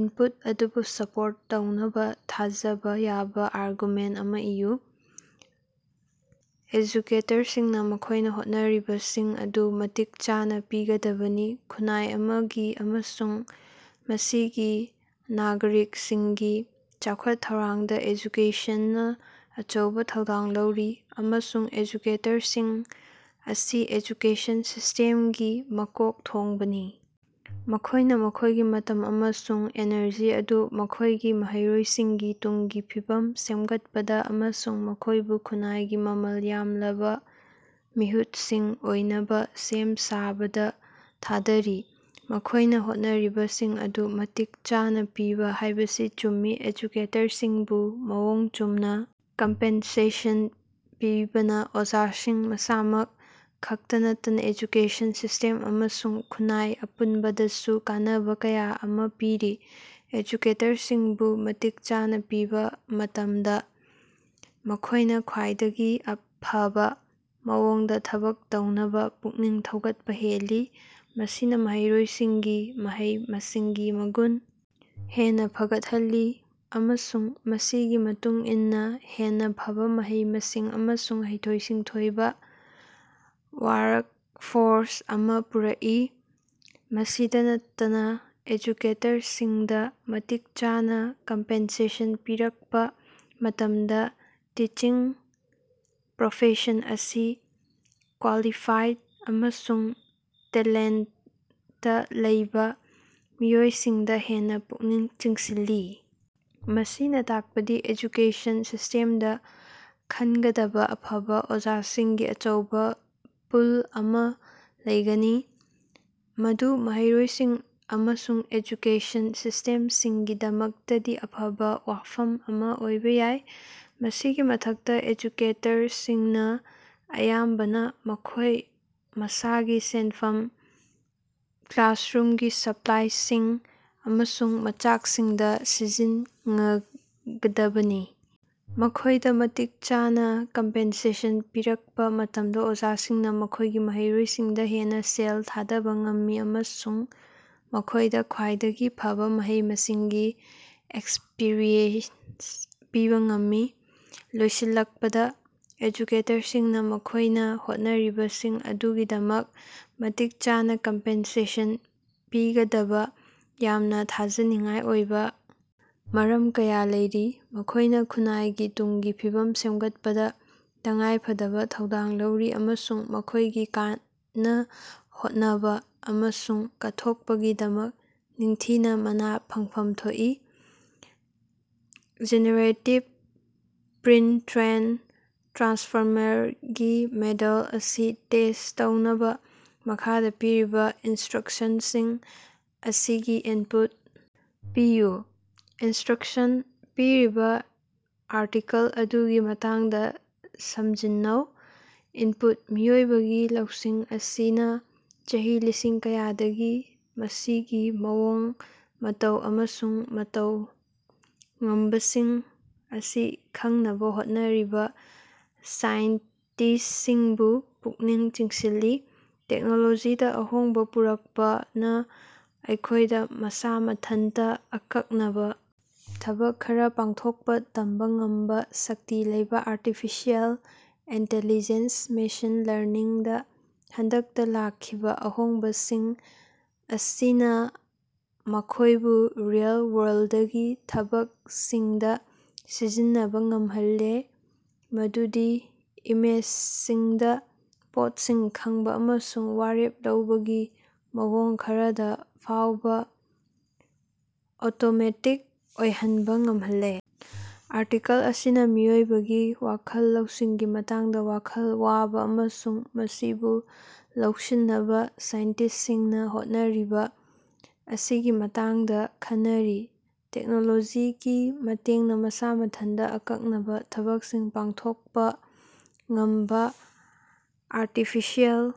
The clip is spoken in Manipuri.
ꯏꯟꯄꯨꯠ ꯑꯗꯨꯕꯨ ꯁꯄꯣꯔꯠ ꯇꯧꯅꯕ ꯊꯥꯖꯕ ꯌꯥꯕ ꯑꯥꯔꯒꯨꯃꯦꯟꯇ ꯑꯃ ꯏꯌꯨ꯫ ꯑꯦꯖꯨꯀꯦꯇꯔꯁꯤꯡꯅ ꯃꯈꯣꯏꯅ ꯍꯣꯠꯅꯔꯤꯕꯁꯤꯡ ꯑꯗꯨ ꯃꯇꯤꯛ ꯆꯥꯅ ꯄꯤꯒꯗꯕꯅꯤ꯫ ꯈꯨꯟꯅꯥꯏ ꯑꯃꯒꯤ ꯑꯃꯁꯨꯡ ꯃꯁꯤꯒꯤ ꯅꯥꯒꯔꯤꯛꯁꯤꯡꯒꯤ ꯆꯥꯎꯈꯠ-ꯊꯧꯔꯥꯡꯗ ꯑꯦꯖꯨꯀꯦꯁꯟꯅ ꯑꯆꯧꯕ ꯊꯧꯗꯥꯡ ꯂꯧꯔꯤ, ꯑꯃꯁꯨꯡ ꯑꯦꯖꯨꯀꯦꯇꯔꯁꯤꯡ ꯑꯁꯤ ꯑꯦꯖꯨꯀꯦꯁꯟ ꯁꯤꯁꯇꯦꯝꯒꯤ ꯃꯀꯣꯛ ꯊꯣꯡꯕꯅꯤ꯫ ꯃꯈꯣꯏꯅ ꯃꯈꯣꯏꯒꯤ ꯃꯇꯝ ꯑꯃꯁꯨꯡ ꯏꯅꯔꯖꯤ ꯑꯗꯨ ꯃꯈꯣꯏꯒꯤ ꯃꯍꯩꯔꯣꯏꯁꯤꯡꯒꯤ ꯇꯨꯡꯒꯤ ꯐꯤꯕꯝ ꯁꯦꯝꯒꯠꯄꯗ ꯑꯃꯁꯨꯡ ꯃꯈꯣꯏꯕꯨ ꯈꯨꯟꯅꯥꯏꯒꯤ ꯃꯃꯜ ꯌꯥꯝꯂꯕ ꯃꯤꯍꯨꯠꯁꯤꯡ ꯑꯣꯏꯅꯕ ꯁꯦꯝ ꯁꯥꯕꯗ ꯊꯥꯗꯔꯤ꯫ ꯃꯈꯣꯏꯅ ꯍꯣꯠꯅꯔꯤꯕꯁꯤꯡ ꯑꯗꯨ ꯃꯇꯤꯛ ꯆꯥꯅ ꯄꯤꯕ ꯍꯥꯏꯕꯁꯤ ꯆꯨꯝꯃꯤ ꯫ ꯑꯦꯖꯨꯀꯦꯇꯔꯁꯤꯡꯕꯨ ꯃꯑꯣꯡ ꯆꯨꯝꯅ ꯀꯝꯄꯦꯟꯁꯦꯁꯟ ꯄꯤꯕꯅ ꯑꯣꯖꯥꯁꯤꯡ ꯃꯁꯥꯃꯛ ꯈꯛꯇꯥ ꯅꯠꯇꯅ ꯑꯦꯖꯨꯀꯦꯁꯟ ꯁꯤꯁꯇꯦꯝ ꯑꯃꯁꯨꯡ ꯈꯨꯟꯅꯥꯏ ꯑꯄꯨꯟꯕꯗꯁꯨ ꯀꯥꯟꯅꯕ ꯀꯌꯥ ꯑꯃ ꯄꯤꯔꯤ꯫ ꯑꯦꯖꯨꯀꯦꯇꯔꯁꯤꯡꯕꯨ ꯃꯇꯤꯛ ꯆꯥꯅ ꯄꯤꯕ ꯃꯇꯝꯗ ꯃꯈꯣꯏꯅ ꯈ꯭ꯋꯥꯏꯗꯒꯤ ꯐꯕꯥ ꯃꯑꯣꯡꯗ ꯊꯕꯛ ꯇꯧꯅꯕ ꯄꯨꯛꯅꯤꯡ ꯊꯧꯒꯠꯄ ꯍꯦꯜꯂꯤ꯫ ꯃꯁꯤꯅ ꯃꯍꯩꯔꯣꯏꯁꯤꯡꯒꯤ ꯃꯍꯩ-ꯃꯁꯤꯡꯒꯤ ꯃꯒꯨꯟ ꯍꯦꯟꯅ ꯐꯒꯠꯍꯜꯂꯤ, ꯑꯃꯁꯨꯡ ꯃꯁꯤꯒꯤ ꯃꯇꯨꯡ ꯏꯟꯅ ꯍꯦꯟꯅ ꯐꯕꯥ ꯃꯍꯩ-ꯃꯁꯤꯡ ꯑꯃꯁꯨꯡ ꯍꯩꯊꯣꯏ-ꯁꯤꯡꯊꯣꯏꯕ ꯋꯥꯔꯛꯐꯣꯔꯁ ꯑꯃ ꯄꯨꯔꯛꯏ꯫ ꯃꯁꯤꯗ ꯅꯠꯇꯅ ꯑꯦꯖꯨꯀꯦꯇꯔꯁꯤꯡꯗ ꯃꯇꯤꯛ ꯆꯥꯅ ꯀꯝꯄꯦꯟꯁꯦꯁꯟ ꯄꯤꯔꯛꯄ ꯃꯇꯝꯗ ꯇꯤꯆꯤꯡ ꯄ꯭ꯔꯣꯐꯦꯁꯟ ꯑꯁꯤ ꯀ꯭ꯋꯥꯂꯤꯐꯥꯏꯗ ꯑꯃꯁꯨꯡ ꯇꯦꯂꯦꯟꯇꯥ ꯂꯩꯕ ꯃꯤꯑꯣꯏꯁꯤꯡꯗ ꯍꯦꯟꯅ ꯄꯨꯛꯅꯤꯡ ꯆꯤꯡꯁꯤꯜꯂꯤ꯫ ꯃꯁꯤꯅ ꯇꯥꯛꯄꯗꯤ ꯑꯦꯖꯨꯀꯦꯁꯟ ꯁꯤꯁꯇꯦꯝꯗꯥ ꯈꯟꯒꯗꯕ ꯑꯐꯕꯥ ꯑꯣꯖꯥꯁꯤꯡꯒꯤ ꯑꯆꯧꯕ ꯄꯨꯜ ꯑꯃ ꯂꯩꯒꯅꯤ, ꯃꯗꯨ ꯃꯍꯩꯔꯣꯏꯁꯤꯡ ꯑꯃꯁꯨꯡ ꯑꯦꯖꯨꯀꯦꯁꯟ ꯁꯤꯁꯇꯦꯝꯒꯤꯗꯃꯛꯇꯗꯤ ꯑꯐꯕꯥ ꯋꯥꯐꯝ ꯑꯃ ꯑꯣꯏꯕ ꯌꯥꯏ꯫ ꯃꯁꯤꯒꯤ ꯃꯊꯛꯇ, ꯑꯦꯖꯨꯀꯦꯇꯔꯁꯤꯡꯅ ꯑꯌꯥꯝꯕꯅ ꯃꯈꯣꯏ ꯃꯁꯥꯒꯤ ꯁꯦꯟꯐꯝ ꯀ꯭ꯂꯥꯁꯔꯨꯝꯒꯤ ꯁꯞꯄ꯭ꯂꯥꯏꯁꯤꯡ ꯑꯃꯁꯨꯡ ꯃꯆꯥꯛꯁꯤꯡꯗ ꯁꯤꯖꯤꯟꯉꯗꯕꯅꯤ꯫ ꯃꯈꯣꯏꯗ ꯃꯇꯤꯛ ꯆꯥꯅ ꯀꯝꯄꯦꯟꯁꯦꯁꯟ ꯄꯤꯔꯛꯄ ꯃꯇꯝꯗ ꯑꯣꯖꯥꯁꯤꯡꯅ ꯃꯈꯣꯏꯒꯤ ꯃꯍꯩꯔꯣꯏꯁꯤꯡꯗ ꯍꯦꯟꯅ ꯁꯦꯜ ꯊꯥꯗꯕ ꯉꯝꯃꯤ ꯑꯃꯁꯨꯡ ꯃꯈꯣꯏꯗ ꯈ꯭ꯋꯥꯏꯗꯒꯤ ꯐꯕꯥ ꯃꯍꯩ-ꯃꯁꯤꯡꯒꯤ ꯑꯦꯛꯁꯄꯤꯔꯤꯌꯦꯟꯁ ꯄꯤꯕ ꯉꯝꯃꯤ꯫ ꯂꯣꯏꯁꯤꯜꯂꯛꯄꯗ, ꯑꯦꯖꯨꯀꯦꯇꯔꯁꯤꯡꯅ ꯃꯈꯣꯏꯅ ꯍꯣꯠꯅꯔꯤꯕꯁꯤꯡ ꯑꯗꯨꯒꯤꯗꯃꯛ ꯃꯇꯤꯛ ꯆꯥꯅ ꯀꯝꯄꯦꯟꯁꯦꯁꯟ ꯄꯤꯒꯗꯕ ꯌꯥꯝꯅ ꯊꯥꯖꯅꯤꯡꯉꯥꯏ ꯑꯣꯏꯕ ꯃꯔꯝ ꯀꯌꯥ ꯂꯩꯔꯤ꯫ ꯃꯈꯣꯏꯅ ꯈꯨꯟꯅꯥꯏꯒꯤ ꯇꯨꯡꯒꯤ ꯐꯤꯕꯝ ꯁꯦꯝꯒꯠꯄꯗ ꯇꯉꯥꯏꯐꯗꯕ ꯊꯧꯗꯥꯡ ꯂꯧꯔꯤ ꯑꯃꯁꯨꯡ ꯃꯈꯣꯏꯒꯤ ꯀꯟꯅꯥ ꯍꯣꯠꯅꯕ ꯑꯃꯁꯨꯡ ꯀꯠꯊꯣꯛꯄꯒꯤꯗꯃꯛ ꯅꯤꯡꯊꯤꯅ ꯃꯥꯅ ꯐꯪꯐꯝ ꯊꯣꯛꯏ꯫ ꯖꯦꯅꯦꯔꯦꯇꯤꯚ ꯄ꯭ꯔꯤ-ꯇ꯭ꯔꯦꯟ ꯇ꯭ꯔꯥꯟꯁꯐꯣꯃꯔꯒꯤ ꯃꯣꯗꯦꯜ ꯑꯁꯤ ꯇꯦꯁ ꯇꯧꯅꯕ ꯃꯈꯥꯗ ꯄꯤꯔꯤꯕ ꯏꯟꯁꯇ꯭ꯔꯛꯁꯟꯁꯤꯡ ꯑꯁꯤꯒꯤ ꯏꯟꯄꯨꯠ ꯄꯤꯌꯨ꯫ ꯏꯟꯁꯇ꯭ꯔꯛꯁꯟ: ꯄꯤꯔꯤꯕ ꯑꯥꯔꯇꯤꯀꯜ ꯑꯗꯨꯒꯤ ꯃꯇꯥꯡꯗ ꯁꯝꯖꯤꯟꯅꯧ꯫ ꯏꯟꯄꯨꯠ: ꯃꯤꯑꯣꯏꯕꯒꯤ ꯂꯧꯁꯤꯡ ꯑꯁꯤꯅ ꯆꯍꯤ ꯂꯤꯁꯤꯡ ꯀꯌꯥꯗꯒꯤ ꯃꯁꯤꯒꯤ ꯃꯑꯣꯡ ꯃꯇꯧ ꯑꯃꯁꯨꯡ ꯇꯧꯕ ꯉꯝꯕꯁꯤꯡ ꯑꯁꯤ ꯈꯪꯅꯕ ꯍꯣꯠꯅꯔꯤꯕ ꯁꯥꯏꯟꯇꯤꯁꯠꯁꯤꯡꯕꯨ ꯄꯨꯛꯅꯤꯡ ꯆꯤꯡꯁꯤꯜꯂꯤ꯫ ꯇꯦꯛꯅꯣꯂꯣꯖꯤꯗ ꯑꯍꯣꯡꯕ ꯄꯨꯔꯛꯄꯅ ꯑꯩꯈꯣꯏꯗ ꯃꯁꯥ ꯃꯊꯟꯇ ꯑꯀꯛꯅꯕ ꯊꯕꯛ ꯈꯔ ꯄꯥꯡꯊꯣꯛꯄ ꯇꯝꯕ ꯉꯝꯕ ꯁꯛꯇꯤ ꯂꯩꯕ ꯑꯥꯔꯇꯤꯐꯤꯁꯤꯌꯦꯜ ꯏꯟꯇꯤꯂꯤꯖꯦꯟꯁ ꯃꯦꯁꯤꯟ ꯂꯔꯅꯤꯡꯗ ꯍꯟꯗꯛꯇ ꯂꯥꯛꯈꯤꯕ ꯑꯍꯣꯡꯕꯁꯤꯡ ꯑꯁꯤꯅ ꯃꯈꯣꯏꯕꯨ ꯔꯤꯑꯦꯜ-ꯋꯥꯔꯜꯗꯒꯤ ꯊꯕꯛꯁꯤꯡꯗ ꯁꯤꯖꯤꯟꯅꯕ ꯉꯃꯍꯜꯂꯦ, ꯃꯗꯨꯗꯤ ꯏꯃꯦꯖꯁꯤꯡꯗ ꯄꯣꯠꯁꯤꯡ ꯈꯪꯕ ꯑꯃꯁꯨꯡ ꯋꯥꯔꯦꯞ ꯂꯧꯕꯒꯤ ꯃꯑꯣꯡ ꯈꯔꯗ ꯐꯥꯎꯕ ꯑꯣꯇꯣꯃꯦꯇꯤꯛ ꯑꯣꯏꯍꯟꯕ ꯉꯝꯍꯜꯂꯦ꯫ ꯑꯥꯔꯇꯤꯀꯜ ꯑꯁꯤꯅ ꯃꯤꯑꯣꯏꯕꯒꯤ ꯋꯈꯜ ꯂꯧꯁꯤꯡꯒꯤ ꯃꯇꯥꯡꯗ ꯋꯈꯜ ꯋꯥꯕ ꯑꯃꯁꯨꯡ ꯃꯁꯤꯕꯨ ꯂꯧꯁꯤꯟꯅꯕ ꯁꯥꯏꯟꯇꯤꯁꯠꯁꯤꯡꯅ ꯍꯣꯠꯅꯔꯤꯕ ꯑꯁꯤꯒꯤ ꯃꯇꯥꯡꯗ ꯈꯟꯅꯔꯤ꯫ ꯇꯦꯛꯅꯣꯂꯣꯖꯤꯒꯤ ꯃꯇꯦꯡꯅ ꯃꯁꯥ ꯃꯊꯟꯇ ꯑꯀꯛꯅꯕ ꯊꯕꯛꯁꯤꯡ ꯄꯥꯡꯊꯣꯀꯄꯥ ꯉꯝꯕꯥ ꯑꯥꯔꯇꯤꯐꯤꯁꯤꯌꯦꯜ꯫